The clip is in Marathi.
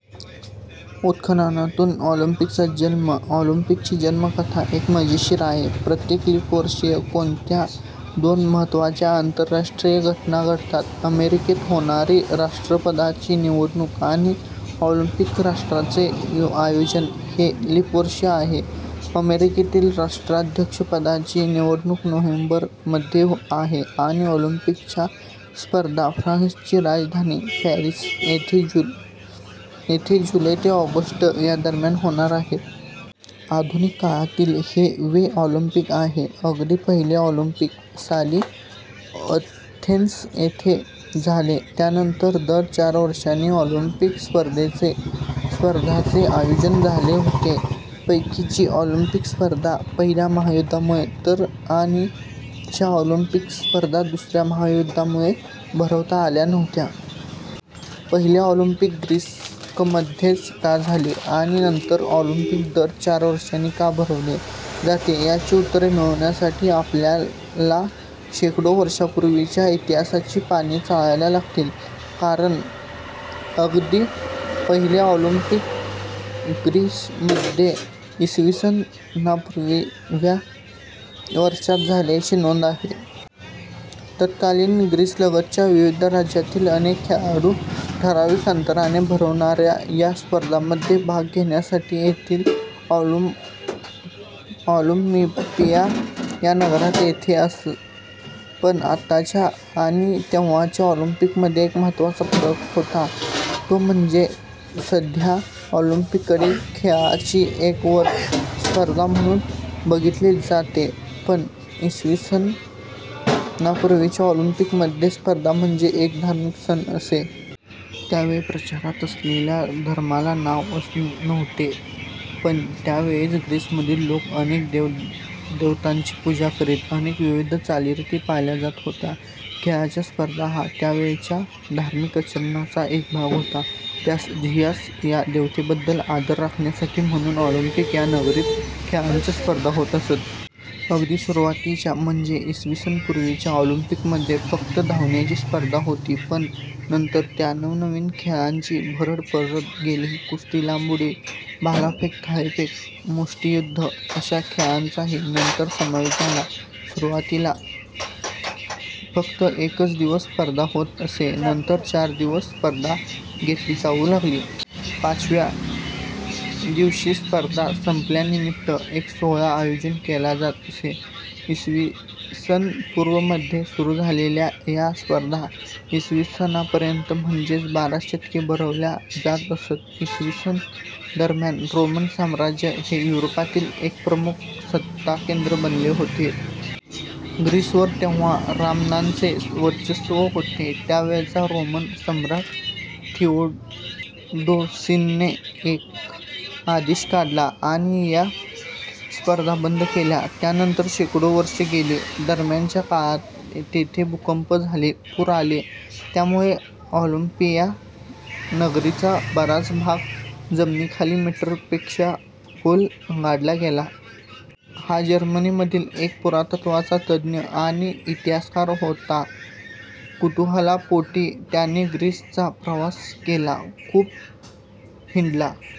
उत्खननातून ऑलिम्पिकचा जन्म ऑलिम्पिकची जन्मकथा एकदम मजेशीर आहे. प्रत्येक लीप वर्षी कोणत्या दोन महत्त्वाच्या आंतरराष्ट्रीय घटना घडतात? -अमेरिकेत होणारी राष्ट्राध्यक्षपदाची निवडणूक आणि ऑलिम्पिक स्पर्धांचे आयोजन! हे लीप वर्ष आहे. अमेरिकेतील राष्ट्राध्यक्षपदाची निवडणूक नोव्हेंबरमध्ये आहे, आणि ऑलिम्पिकच्या स्पर्धा फ्रान्सची राजधानी पॅरिस येथे जुलै ते ऑगस्ट या दरम्यान होणार आहेत. आधुनिक काळातील हे वे ऑलिम्पिक आहे. अगदी पहिले ऑलिम्पिक साली अथेन्स येथे झाले. त्यानंतर दर चार वर्षांनी ऑलिम्पिक स्पर्धांचे आयोजन झाले होते. पैकी ची ऑलिम्पिक स्पर्धा पहिल्या महायुद्धामुळे, तर आणि च्या ऑलिम्पिक स्पर्धा दुसऱ्या महायुद्धामुळे भरवता आल्या नव्हत्या. पहिले ऑलिम्पिक ग्रीसमध्येच का झाले? आणि नंतरचे ऑलिम्पिक दर चार वर्षांनी का भरवले जाते? यांची उत्तरे मिळवण्यासाठी आपल्याला शेकडो वर्षांपूर्वीच्या इतिहासाची पाने चाळायला लागतील. कारण अगदी पहिले ऑलिम्पिक ग्रीसमध्ये इसवी सनापूर्वी व्या वर्षांत झाल्याची नोंद आहे. तत्कालीन ग्रीसलगतच्या विविध राज्यांतील अनेक खेळाडू, ठरावीक अंतराने भरणाऱ्या या स्पर्धांमध्ये भाग घेण्यासाठी तेथील ऑलिम्पिया या नगरीत येत असत. पण आताच्या आणि तेव्हाच्या ऑलिम्पिकमध्ये एक महत्त्वाचा फरक होता, तो म्हणजे सध्याच्या ऑलिम्पिककडे खेळांची एक स्पर्धा म्हणून बघितले जाते, पण इसवी सनापूर्वीच्या ऑलिम्पिक स्पर्धा म्हणजे एक धार्मिक सण असे. त्यावेळी प्रचारात असलेल्या धर्माला नाव असे नव्हते, पण त्यावेळचे ग्रीसमधील लोक अनेक देवदेवतांची पूजा करायचे. अनेक विधी, चालीरीती पाळल्या जात होत्या. खेळांच्या स्पर्धा हा त्यावेळच्या धार्मिक आचरणाचा एक भाग होता. त्यांच्या झीयस या देवतेबद्दल आदर दाखवण्यासाठी म्हणून ऑलिम्पिया या नगरीत खेळांच्या स्पर्धा होत असत. अगदी सुरुवातीच्या म्हणजे इसवी सनपूर्व च्या ऑलिम्पिकमध्ये फक्त धावण्याची स्पर्धा होती. पण नंतर त्यात नवनवीन खेळांची भर पडत गेली. कुस्ती, लांब उडी, भालाफेक, थाळीफेक, मुष्टियुद्ध अशा खेळांचाही नंतर समावेश झाला. सुरुवातीला फक्त एकच दिवस स्पर्धा होत असे, नंतर चार दिवस स्पर्धा घेतली जाऊ लागली. पाचव्या दिवशी स्पर्धा संपल्यानिमित्त एक सोहळा आयोजित केला जात असे. इसवी सन पूर्व मध्ये सुरू झालेल्या या स्पर्धा इसवी सन पर्यंत म्हणजे बारा शतके भरवल्या जात असत. इसवी सन दरम्यान रोमन साम्राज्य हे युरोपातील एक प्रमुख सत्ताकेंद्र बनले होते. ग्रीसवर तेव्हा रोमनांचे वर्चस्व होते. त्यावेळचा रोमन सम्राट थिओडोसीसने एक आदेश काढला आणि या स्पर्धा बंद केल्या. त्यानंतर शेकडो वर्षे गेली. दरम्यानच्या काळात तेथे भूकंप झाले. पूर आले. त्यामुळे ऑलिम्पिया नगरीचा बराच भाग जमिनीखाली मीटरपेक्षा खोल गाडला गेला. हा जर्मनीमधील एक पुरातत्त्व तज्ज्ञ आणि इतिहासकार होता. कुतूहलापोटी त्याने ग्रीसचा प्रवास केला. खूप हिंडला